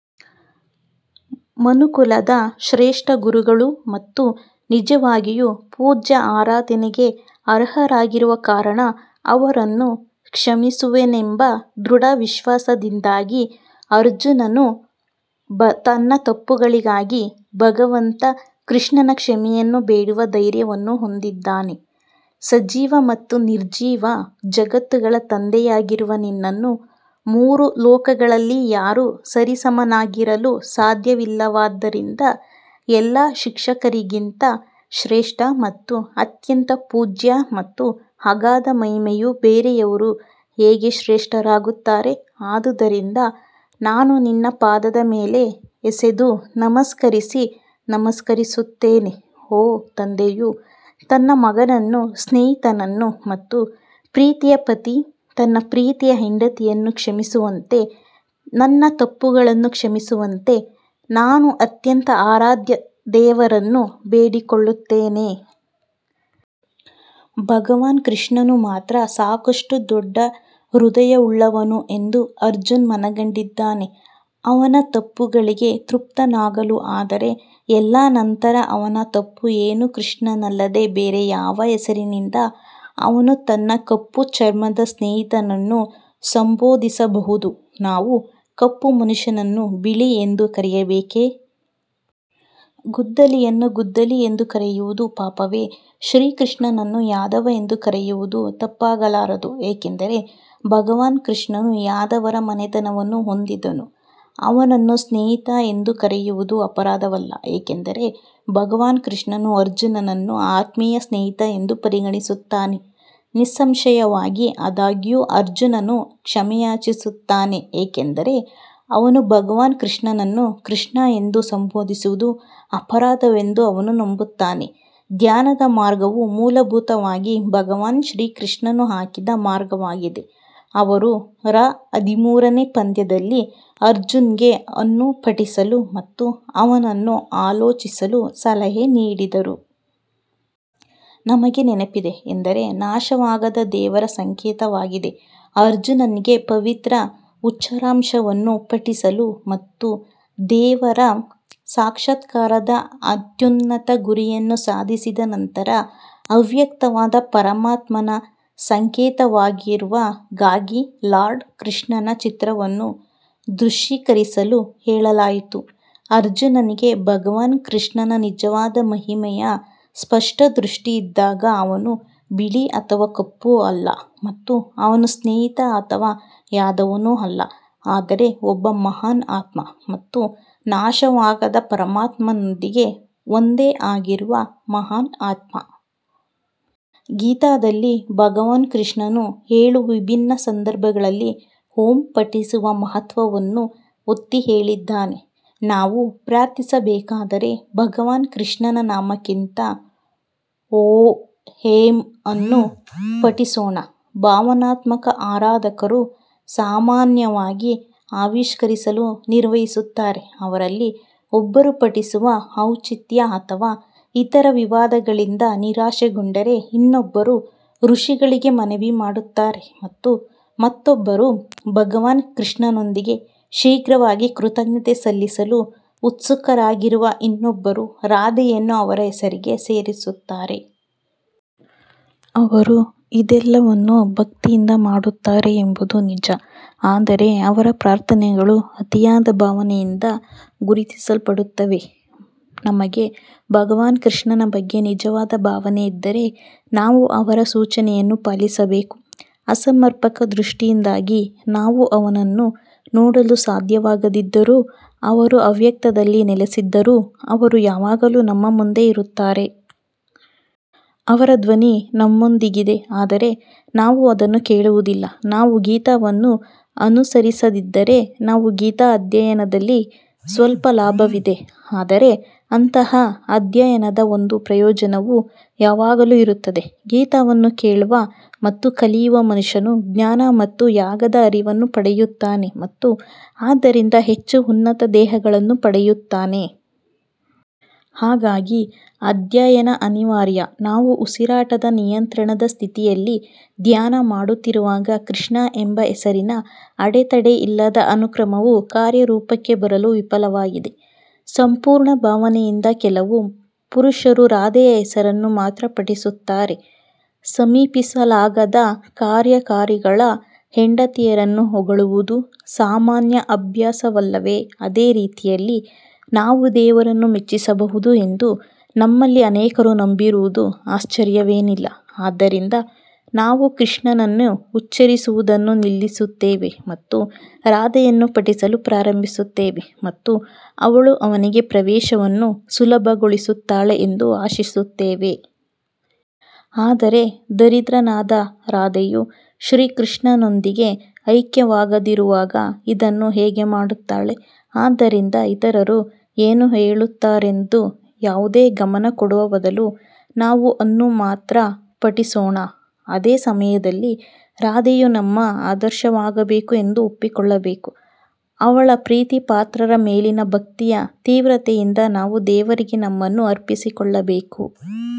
ಮನುಕುಲದ ಶ್ರೇಷ್ಠ ಗುರುಗಳು ಮತ್ತು ನಿಜವಾಗಿಯೂ ಪೂಜ್ಯ ಆರಾಧನೆಗೆ ಅರ್ಹರಾಗಿರುವ ಕಾರಣ ಅವರನ್ನು ಕ್ಷಮಿಸುವೆನೆಂಬ ದೃಢ ವಿಶ್ವಾಸದಿಂದಾಗಿ ಅರ್ಜುನನು ತನ್ನ ತಪ್ಪುಗಳಿಗಾಗಿ ಭಗವಂತ ಕೃಷ್ಣನ ಕ್ಷಮೆಯನ್ನು ಬೇಡುವ ಧೈರ್ಯವನ್ನು ಹೊಂದಿದ್ದಾನೆ. ಸಜೀವ ಮತ್ತು ನಿರ್ಜೀವ ಜಗತ್ತುಗಳ ತಂದೆಯಾಗಿರುವ ನಿನ್ನನ್ನು ಮೂರು ಲೋಕಗಳಲ್ಲಿ ಯಾರೂ ಸರಿಸಮನಾಗಿರಲು ಸಾಧ್ಯವಿಲ್ಲವಾದ್ದರಿಂದ, ಎಲ್ಲ ಶಿಕ್ಷಕರಿಗಿಂತ ಶ್ರೇಷ್ಠ ಮತ್ತು ಅತ್ಯಂತ ಪೂಜ್ಯ ಮತ್ತು ಅಗಾಧ ಮಹಿಮೆಯು ಬೇರೆಯವರು ಹೇಗೆ ಶ್ರೇಷ್ಠರಾಗುತ್ತಾರೆ ಆದುದರಿಂದ ನಾನು ನಿನ್ನ ಪಾದದ ಮೇಲೆ ಎಸೆದು ನಮಸ್ಕರಿಸಿ ನಮಸ್ಕರಿಸುತ್ತೇನೆ, ಓ ತಂದೆಯು ತನ್ನ ಮಗನನ್ನು ಸ್ನೇಹಿತನನ್ನು ಮತ್ತು ಪ್ರೀತಿಯ ಪತಿ ತನ್ನ ಪ್ರೀತಿಯ ಹೆಂಡತಿಯನ್ನು ಕ್ಷಮಿಸುವಂತೆ ನನ್ನ ತಪ್ಪುಗಳನ್ನು ಕ್ಷಮಿಸುವಂತೆ ನಾನು ಅತ್ಯಂತ ಆರಾಧ್ಯ ದೇವರನ್ನು ಬೇಡಿಕೊಳ್ಳುತ್ತೇನೆ. ಭಗವಾನ್ ಕೃಷ್ಣನು ಮಾತ್ರ ಸಾಕಷ್ಟು ದೊಡ್ಡ ಹೃದಯವುಳ್ಳವನು ಎಂದು ಅರ್ಜುನ್ ಮನಗಂಡಿದ್ದಾನೆ ಅವನ ತಪ್ಪುಗಳಿಗೆ ತೃಪ್ತನಾಗಲು ಆದರೆ ಎಲ್ಲಾ ನಂತರ ಅವನ ತಪ್ಪು ಏನು ಕೃಷ್ಣನಲ್ಲದೆ ಬೇರೆ ಯಾವ ಹೆಸರಿನಿಂದ ಅವನು ತನ್ನ ಕಪ್ಪು ಚರ್ಮದ ಸ್ನೇಹಿತನನ್ನು ಸಂಬೋಧಿಸಬಹುದು ನಾವು ಕಪ್ಪು ಮನುಷ್ಯನನ್ನು ಬಿಳಿ ಎಂದು ಕರೆಯಬೇಕೇ? ಗುದ್ದಲಿಯನ್ನು ಗುದ್ದಲಿ ಎಂದು ಕರೆಯುವುದು ಪಾಪವೇ ಶ್ರೀಕೃಷ್ಣನನ್ನು ಯಾದವ ಎಂದು ಕರೆಯುವುದು ತಪ್ಪಾಗಲಾರದು ಏಕೆಂದರೆ ಭಗವಾನ್ ಕೃಷ್ಣನು ಯಾದವರ ಮನೆತನವನ್ನು ಹೊಂದಿದ್ದನು. ಅವನನ್ನು ಸ್ನೇಹಿತ ಎಂದು ಕರೆಯುವುದು ಅಪರಾಧವಲ್ಲ ಏಕೆಂದರೆ ಭಗವಾನ್ ಕೃಷ್ಣನು ಅರ್ಜುನನನ್ನು ಆತ್ಮೀಯ ಸ್ನೇಹಿತ ಎಂದು ಪರಿಗಣಿಸುತ್ತಾನೆ. ನಿಸ್ಸಂಶಯವಾಗಿ ಆದಾಗ್ಯೂ ಅರ್ಜುನನು ಕ್ಷಮೆಯಾಚಿಸುತ್ತಾನೆ ಏಕೆಂದರೆ ಅವನು ಭಗವಾನ್ ಕೃಷ್ಣನನ್ನು ಕೃಷ್ಣ ಎಂದು ಸಂಬೋಧಿಸುವುದು ಅಪರಾಧವೆಂದು ಅವನು ನಂಬುತ್ತಾನೆ ಧ್ಯಾನದ ಮಾರ್ಗವು ಮೂಲಭೂತವಾಗಿ ಭಗವಾನ್ ಶ್ರೀಕೃಷ್ಣನು ಹಾಕಿದ ಮಾರ್ಗವಾಗಿದೆ ಅವರು ರ ಹದಿಮೂರನೇ ಪದ್ಯದಲ್ಲಿ ಅರ್ಜುನ್ಗೆ ಅನ್ನು ಪಠಿಸಲು ಮತ್ತು ಅವನನ್ನು ಆಲೋಚಿಸಲು ಸಲಹೆ ನೀಡಿದರು. ನಮಗೆ ನೆನಪಿದೆ ಎಂದರೆ ನಾಶವಾಗದ ದೇವರ ಸಂಕೇತವಾಗಿದೆ ಅರ್ಜುನನಿಗೆ ಪವಿತ್ರ ಉಚ್ಚಾರಾಂಶವನ್ನು ಪಠಿಸಲು ಮತ್ತು ದೇವರ ಸಾಕ್ಷಾತ್ಕಾರದ ಅತ್ಯುನ್ನತ ಗುರಿಯನ್ನು ಸಾಧಿಸಿದ ನಂತರ ಅವ್ಯಕ್ತವಾದ ಪರಮಾತ್ಮನ ಸಂಕೇತವಾಗಿರುವ ಗಾಗಿ ಲಾರ್ಡ್ ಕೃಷ್ಣನ ಚಿತ್ರವನ್ನು ದೃಶ್ಯೀಕರಿಸಲು ಹೇಳಲಾಯಿತು. ಅರ್ಜುನನಿಗೆ ಭಗವಾನ್ ಕೃಷ್ಣನ ನಿಜವಾದ ಮಹಿಮೆಯ ಸ್ಪಷ್ಟ ದೃಷ್ಟಿ ಇದ್ದಾಗ ಅವನು ಬಿಳಿ ಅಥವಾ ಕಪ್ಪು ಅಲ್ಲ ಮತ್ತು ಅವನು ಸ್ನೇಹಿತ ಅಥವಾ ಯಾದವನೂ ಅಲ್ಲ, ಆದರೆ ಒಬ್ಬ ಮಹಾನ್ ಆತ್ಮ ಮತ್ತು ನಾಶವಾಗದ ಪರಮಾತ್ಮನೊಂದಿಗೆ ಒಂದೇ ಆಗಿರುವ ಮಹಾನ್ ಆತ್ಮ. ಗೀತಾದಲ್ಲಿ ಭಗವಾನ್ ಕೃಷ್ಣನು ಏಳು ವಿಭಿನ್ನ ಸಂದರ್ಭಗಳಲ್ಲಿ ಓಂ ಪಠಿಸುವ ಮಹತ್ವವನ್ನು ಒತ್ತಿಹೇಳಿದ್ದಾನೆ. ನಾವು ಪ್ರಾರ್ಥಿಸಬೇಕಾದರೆ ಭಗವಾನ್ ಕೃಷ್ಣನ ನಾಮಕ್ಕಿಂತ ಓಎಂ ಅನ್ನು ಪಠಿಸೋಣ ಭಾವನಾತ್ಮಕ ಆರಾಧಕರು ಸಾಮಾನ್ಯವಾಗಿ ಕೆಲವು ರೀತಿಯಲ್ಲಿ ಅಥವಾ ಇನ್ನೊಂದನ್ನು ಆವಿಷ್ಕರಿಸಲು ನಿರ್ವಹಿಸುತ್ತಾರೆ ಅವರಲ್ಲಿ ಒಬ್ಬರು ಪಠಿಸುವ ಔಚಿತ್ಯ ಅಥವಾ ಇತರ ವಿವಾದಗಳಿಂದ ನಿರಾಶೆಗೊಂಡರೆ, ಇನ್ನೊಬ್ಬರು ಋಷಿಗಳಿಗೆ ಮನವಿ ಮಾಡುತ್ತಾರೆ ಮತ್ತು ಮತ್ತೊಬ್ಬರು ಭಗವಾನ್ ಶ್ರೀಕೃಷ್ಣನೊಂದಿಗೆ ಶೀಘ್ರವಾಗಿ ಕೃತಜ್ಞತೆ ಸಲ್ಲಿಸಲು ಉತ್ಸುಕರಾಗಿರುವ ಇನ್ನೊಬ್ಬರು ರಾಧೆಯನ್ನು ಅವರ ಹೆಸರಿಗೆ ಸೇರಿಸುತ್ತಾರೆ. ಅವರು ಇದೆಲ್ಲವನ್ನೂ ಭಕ್ತಿಯಿಂದ ಮಾಡುತ್ತಾರೆ ಎಂಬುದು ನಿಜ ಆದರೆ ಅವರ ಪ್ರಾರ್ಥನೆಗಳು ಅತಿಯಾದ ಭಾವನೆಯಿಂದ ಗುರುತಿಸಲ್ಪಡುತ್ತವೆ ನಮಗೆ ಭಗವಾನ್ ಕೃಷ್ಣನ ಬಗ್ಗೆ ನಿಜವಾದ ಭಾವನೆ ಇದ್ದರೆ ನಾವು ಅವರ ಸೂಚನೆಯನ್ನು ಪಾಲಿಸಬೇಕು ಅಸಮರ್ಪಕ ದೃಷ್ಟಿಯಿಂದಾಗಿ ನಾವು ಅವನನ್ನು ನೋಡಲು ಸಾಧ್ಯವಾಗದಿದ್ದರೂ ಅವರು ಅವ್ಯಕ್ತದಲ್ಲಿ ನೆಲೆಸಿದ್ದರೂ ಅವರು ಯಾವಾಗಲೂ ನಮ್ಮ ಮುಂದೆ ಇರುತ್ತಾರೆ. ಅವರ ಧ್ವನಿ ನಮ್ಮೊಂದಿಗಿದೆ ಆದರೆ ನಾವು ಅದನ್ನು ಕೇಳುವುದಿಲ್ಲ ನಾವು ಗೀತಾವನ್ನು ಅನುಸರಿಸದಿದ್ದರೆ ನಾವು ಗೀತಾ ಅಧ್ಯಯನದಲ್ಲಿ ಸ್ವಲ್ಪ ಲಾಭವಿದೆ, ಆದರೆ ಅಂತಹ ಅಧ್ಯಯನದ ಒಂದು ಪ್ರಯೋಜನವು ಯಾವಾಗಲೂ ಇರುತ್ತದೆ. ಗೀತಾವನ್ನು ಕೇಳುವ ಮತ್ತು ಕಲಿಯುವ ಮನುಷ್ಯನು ಜ್ಞಾನ ಮತ್ತು ಯಾಗದ ಅರಿವನ್ನು ಪಡೆಯುತ್ತಾನೆ ಮತ್ತು ಆದ್ದರಿಂದ ಹೆಚ್ಚು ಉನ್ನತ ದೇಹಗಳನ್ನು ಪಡೆಯುತ್ತಾನೆ. ಹಾಗಾಗಿ ಅಧ್ಯಯನ ಅನಿವಾರ್ಯ ನಾವು ಉಸಿರಾಟದ ನಿಯಂತ್ರಣದ ಸ್ಥಿತಿಯಲ್ಲಿ ಧ್ಯಾನ ಮಾಡುತ್ತಿರುವಾಗ ಕೃಷ್ಣ ಎಂಬ ಹೆಸರಿನ ಅಡೆತಡೆಯಿಲ್ಲದ ಅನುಕ್ರಮವು ಕಾರ್ಯರೂಪಕ್ಕೆ ಬರಲು ವಿಫಲವಾಗಿದೆ. ಸಂಪೂರ್ಣ ಭಾವನೆಯಿಂದ ಕೆಲವು ಪುರುಷರು ರಾಧೆಯ ಹೆಸರನ್ನು ಮಾತ್ರ ಪಠಿಸುತ್ತಾರೆ ಸಮೀಪಿಸಲಾಗದ ಕಾರ್ಯಕಾರಿಗಳ ಹೆಂಡತಿಯರನ್ನು ಹೊಗಳುವುದು ಸಾಮಾನ್ಯ ಅಭ್ಯಾಸವಲ್ಲವೇ ಅದೇ ರೀತಿಯಲ್ಲಿ ನಾವು ದೇವರನ್ನು ಮೆಚ್ಚಿಸಬಹುದು ಎಂದು ನಮ್ಮಲ್ಲಿ ಅನೇಕರು ನಂಬಿರುವುದು ಆಶ್ಚರ್ಯವೇನಿಲ್ಲ ಆದ್ದರಿಂದ ನಾವು ಕೃಷ್ಣನನ್ನು ಉಚ್ಚರಿಸುವುದನ್ನು ನಿಲ್ಲಿಸುತ್ತೇವೆ ಮತ್ತು ರಾಧೆಯನ್ನು ಪಠಿಸಲು ಪ್ರಾರಂಭಿಸುತ್ತೇವೆ ಮತ್ತು ಅವಳು ಅವನಿಗೆ ಪ್ರವೇಶವನ್ನು ಸುಲಭಗೊಳಿಸುತ್ತಾಳೆ ಎಂದು ಆಶಿಸುತ್ತೇವೆ. ಆದರೆ ದರಿದ್ರನಾದ ರಾಧೆಯು ಶ್ರೀಕೃಷ್ಣನೊಂದಿಗೆ ಐಕ್ಯವಾಗದಿರುವಾಗ ಇದನ್ನು ಹೇಗೆ ಮಾಡುತ್ತಾಳೆ ಆದ್ದರಿಂದ ಇತರರು ಏನು ಹೇಳುತ್ತಾರೆಂದು ಯಾವುದೇ ಗಮನ ಕೊಡುವ ಬದಲು ನಾವು ಅನ್ನು ಮಾತ್ರ ಪಠಿಸೋಣ ಅದೇ ಸಮಯದಲ್ಲಿ ರಾಧೆಯು ನಮ್ಮ ಆದರ್ಶವಾಗಬೇಕು ಎಂದು ಒಪ್ಪಿಕೊಳ್ಳಬೇಕು, ಅವಳ ಪ್ರೀತಿಪಾತ್ರರ ಮೇಲಿನ ಭಕ್ತಿಯ ತೀವ್ರತೆಯಿಂದ ನಾವು ದೇವರಿಗೆ ನಮ್ಮನ್ನು ಅರ್ಪಿಸಿಕೊಳ್ಳಬೇಕು.